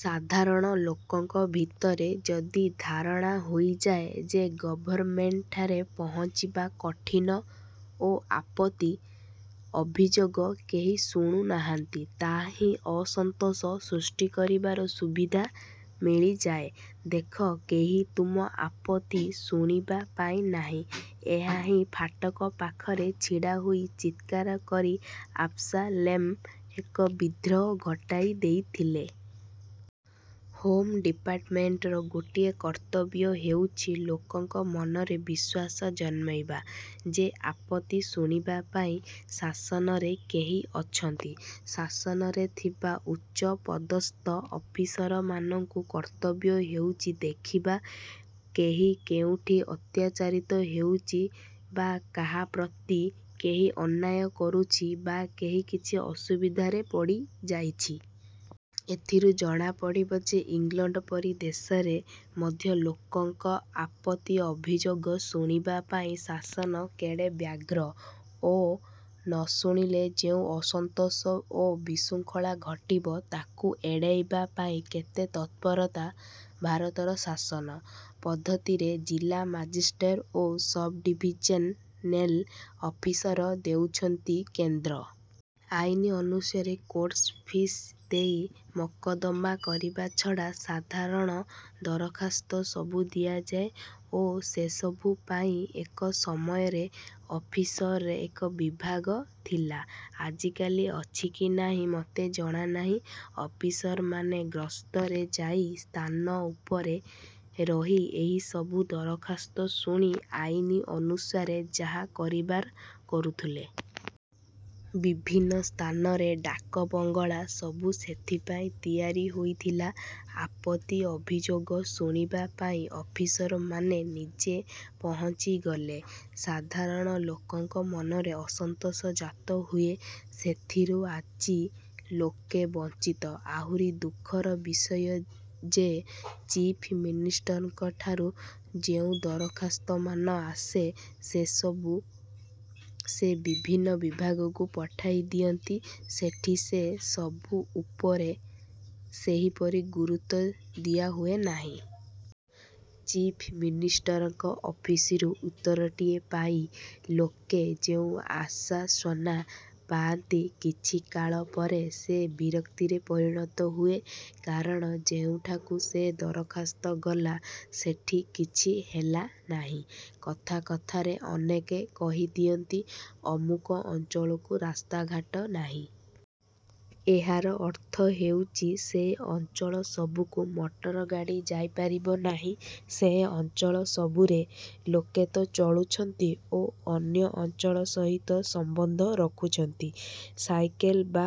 ସାଧାରଣ ଲୋକଙ୍କ ଭିତରେ ଯଦି ଧାରଣା ହୋଇଯାଏ ଯେ ଗଭର୍ଣ୍ଣମେଣ୍ଟଠାରେ ପହଞ୍ଚିବା କଠିନ ଓ ଆପତ୍ତି ଅଭିଯୋଗ କେହି ଶୁଣୁ ନାହାନ୍ତି, ତାହା ହିଁ ଅସନ୍ତୋଷ ସୃଷ୍ଟି କରିବାର ସୁବିଧା ମିଳିଯାଏ। ''ଦେଖ, କେହି ତୁମ ଆପତ୍ତି ଶୁଣିବା ପାଇଁ ନାହିଁ। '' ଏହାହିଁ ଫାଟକ ପାଖରେ ଛିଡ଼ାହୋଇ ଚିତ୍କାର କରି ଆବ୍ସାଲେମ ଏକ ବିଦ୍ରୋହ ଘଟାଇ ଦେଇଥିଲେ। ହୋମ୍ ଡିପାର୍ଟମେଣ୍ଟର ଗୋଟିଏ କର୍ତ୍ତବ୍ୟ ହେଉଛି, ଲୋକଙ୍କ ମନରେ ବିଶ୍ୱାସ ଜନ୍ମାଇବା ଯେ ଆପତ୍ତି ଶୁଣିବା ପାଇଁ ଶାସନରେ କେହି ଅଛନ୍ତି। ଶାସନରେ ଥିବା ଉଚ୍ଚପଦସ୍ଥ ଅଫିସରମାନଙ୍କ କର୍ତ୍ତବ୍ୟ ହେଉଛି ଦେଖିବା କେହି କେଉଁଠି ଅତ୍ୟାଚାରିତ ହେଉଛି ବା କାହା ପ୍ରତି କେହି ଅନ୍ୟାୟ କରୁଛି ବା କେହି କିଛି ଅସୁବିଧାରେ ପଡ଼ିଯାଇଛି। ଏଥିରୁ ଜଣାପଡ଼ିବ ଯେ ଇଂଲଣ୍ଡ ପରି ଦେଶରେ ମଧ୍ୟ ଲୋକଙ୍କ ଆପତ୍ତି ଅଭିଯୋଗ ଶୁଣିବା ପାଇଁ ଶାସନ କେଡ଼େ ବ୍ୟଗ୍ର ଓ ନ ଶୁଣିଲେ ଯେଉଁ ଅସନ୍ତୋଷ ଓ ବିଶୃଙ୍ଖଳା ଘଟିବ; ତାକୁ ଏଡ଼େଇବା ପାଇଁ କେତେ ତତ୍ପରତା। ଭାରତର ଶାସନ ପଦ୍ଧତିରେ ଜିଲ୍ଲା ମାଜିଷ୍ଟ୍ରେଟ ଓ ସବ୍ଡ଼ିଭିଜନେଲ ଅଫିସର ହେଉଛନ୍ତି କେନ୍ଦ୍ର। ଆଇନ ଅନୁସାରେ କୋର୍ଟଫିସ ଦେଇ ମୋକଦ୍ଦମା କରିବା ଛଡ଼ା ସାଧାରଣ ଦରଖାସ୍ତ ସବୁ ଦିଆଯାଏ ଓ ସେ ସବୁ ପାଇଁ ଏକ ସମୟରେ ଅଫିସରରେ ଏକ ବିଭାଗ ଥିଲା। ଆଜିକାଲି ଅଛି କି ନାହିଁ ମୋତେ ଜଣାନାହିଁ। ଅଫିସରମାନେ ଗସ୍ତରେ ଯାଇ ସ୍ଥାନ ଉପରେ ରହି ଏହି ସବୁ ଦରଖାସ୍ତ ଶୁଣି ଆଇନ ଅନୁସାରେ ଯାହା କରିବାର କରୁଥିଲେ। ବିଭିନ୍ନ ସ୍ଥାନରେ ଡାକବଙ୍ଗଳା ସବୁ ସେଇଥିପାଇଁ ତିଆରି ହୋଇଥିଲା। ଆପତ୍ତି ଅଭିଯୋଗ ଶୁଣିବା ପାଇଁ ଅଫିସରମାନେ ନିଜେ ପହୁଞ୍ଚିଗଲେ ସାଧାରଣ ଲୋକଙ୍କ ମନରେ ସନ୍ତୋଷ ଜାତ ହୁଏ। ସେଥିରୁ ଆଜି ଲୋକେ ବଞ୍ଚିତ। ଆହୁରି ଦୁଃଖର ବିଷୟ ଯେ ଚିଫ୍ ମିନିଷ୍ଟରଙ୍କଠାକୁ ଯେଉଁ ଦରଖାସ୍ତମାନ ଆସେ ସେ ସବୁ ସେ ବିଭିନ୍ନ ବିଭାଗକୁ ପଠାଇ ଦିଅନ୍ତି, ସେଠି ସେ ସବୁ ଉପରେ ସେପରି ଗୁରୁତ୍ୱ ଦିଆହୁଏ ନାହିଁ। ଚିଫ୍ ମିନିଷ୍ଟରଙ୍କ ଅଫିସରୁ ଉତ୍ତରଟିଏ ପାଇ ଲୋକେ ଯେଉଁ ଆଶ୍ୱାସନା। ପାଆନ୍ତି, କିଛିକାଳ ପରେ ସେ ବିରକ୍ତିରେ ପରିଣତ ହୁଏ; କାରଣ ଯେଉଁଠାକୁ ସେ ଦରଖାସ୍ତ ଗଲା ସେଠି କିଛି ହେଲା ନାହିଁ। କଥା କଥାକେ ଅନେକ କହି ଦିଅନ୍ତି ଅମୁକ ଅଞ୍ଚଳକୁ ରାସ୍ତାଘାଟ ନାହିଁ। ଏହାର ଅର୍ଥ ହେଉଛି ସେ ଅଞ୍ଚଳ ସବୁକୁ ମଟର ଗାଡ଼ି ଯାଇପାରିବ ନାହିଁ। ସେ ଅଞ୍ଚଳ ସବୁରେ ଲୋକେ ତ ଚଳୁଛନ୍ତି ଓ ଅନ୍ୟ ଅଞ୍ଚଳ ସହିତ ସମ୍ବନ୍ଧ ରଖୁଛନ୍ତି। ସାଇକେଲ ବା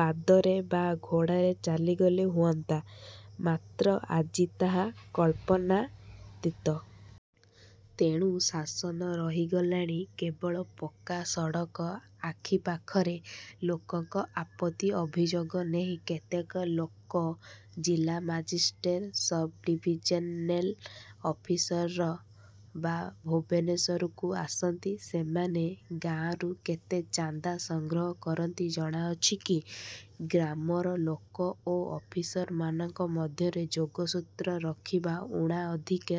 ପାଦରେ ବା ଘୋଡ଼ାରେ ଚାଲିଗଲେ ହୁଅନ୍ତା; ମାତ୍ର ଆଜି ତାହା କଳ୍ପନାତୀତ। ତେଣୁ ଶାସନ ରହିଗଲାଣି କେବଳ ପକ୍କା ସଡ଼କ ଆଖି ପାଖରେ। ଲୋକଙ୍କ ଆପତ୍ତି ଅଭିଯୋଗ ନେଇ କେତେକ ଲୋକ ଜିଲା ମାଜିଷ୍ଟ୍ରେଟ, ସବଡ଼ିଭିଜନେଲ ଅଫିସର ବା ଭୁବନେଶ୍ୱରକୁ ଆସନ୍ତି, ସେମାନେ ଗାଁରୁ କେତେ ଚାନ୍ଦା ସଂଗ୍ରହ କରନ୍ତି, ଜଣା ଅଛି କି? ଗ୍ରାମର ଲୋକ ଓ ଅଫିସରମାନଙ୍କ ମଧ୍ୟରେ ଯୋଗସୂତ୍ର ରଖିବା ଊଣା ଅଧିକେ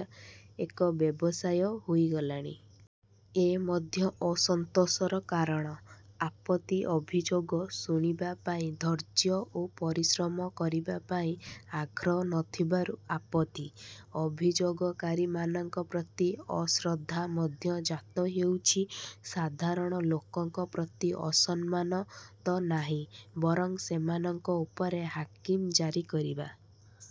ଏକ ବ୍ୟବସାୟ ହୋଇଗଲାଣି। ଏ ମଧ୍ୟ ଅସନ୍ତୋଷର କାରଣ। ଆପତ୍ତି ଅଭିଯୋଗ ଶୁଣିବା ପାଇଁ ଧୈର୍ଯ୍ୟ ଓ ପରିଶ୍ରମ କରିବା ପାଇଁ ଆଗ୍ରହ ନ ଥିବାରୁ ଆପତ୍ତି ଅଭିଯୋଗକାରୀମାନଙ୍କ ପ୍ରତି ଅଶ୍ରଦ୍ଧା ମଧ୍ୟ ଜାତ ହେଉଛି। ସାଧାରଣ ଲୋକଙ୍କ ପ୍ରତି ସମ୍ମାନ ତ ନାହିଁ ବରଂ ସେମାନଙ୍କ ଉପରେ ହାକିମ ଜାରିକରିବା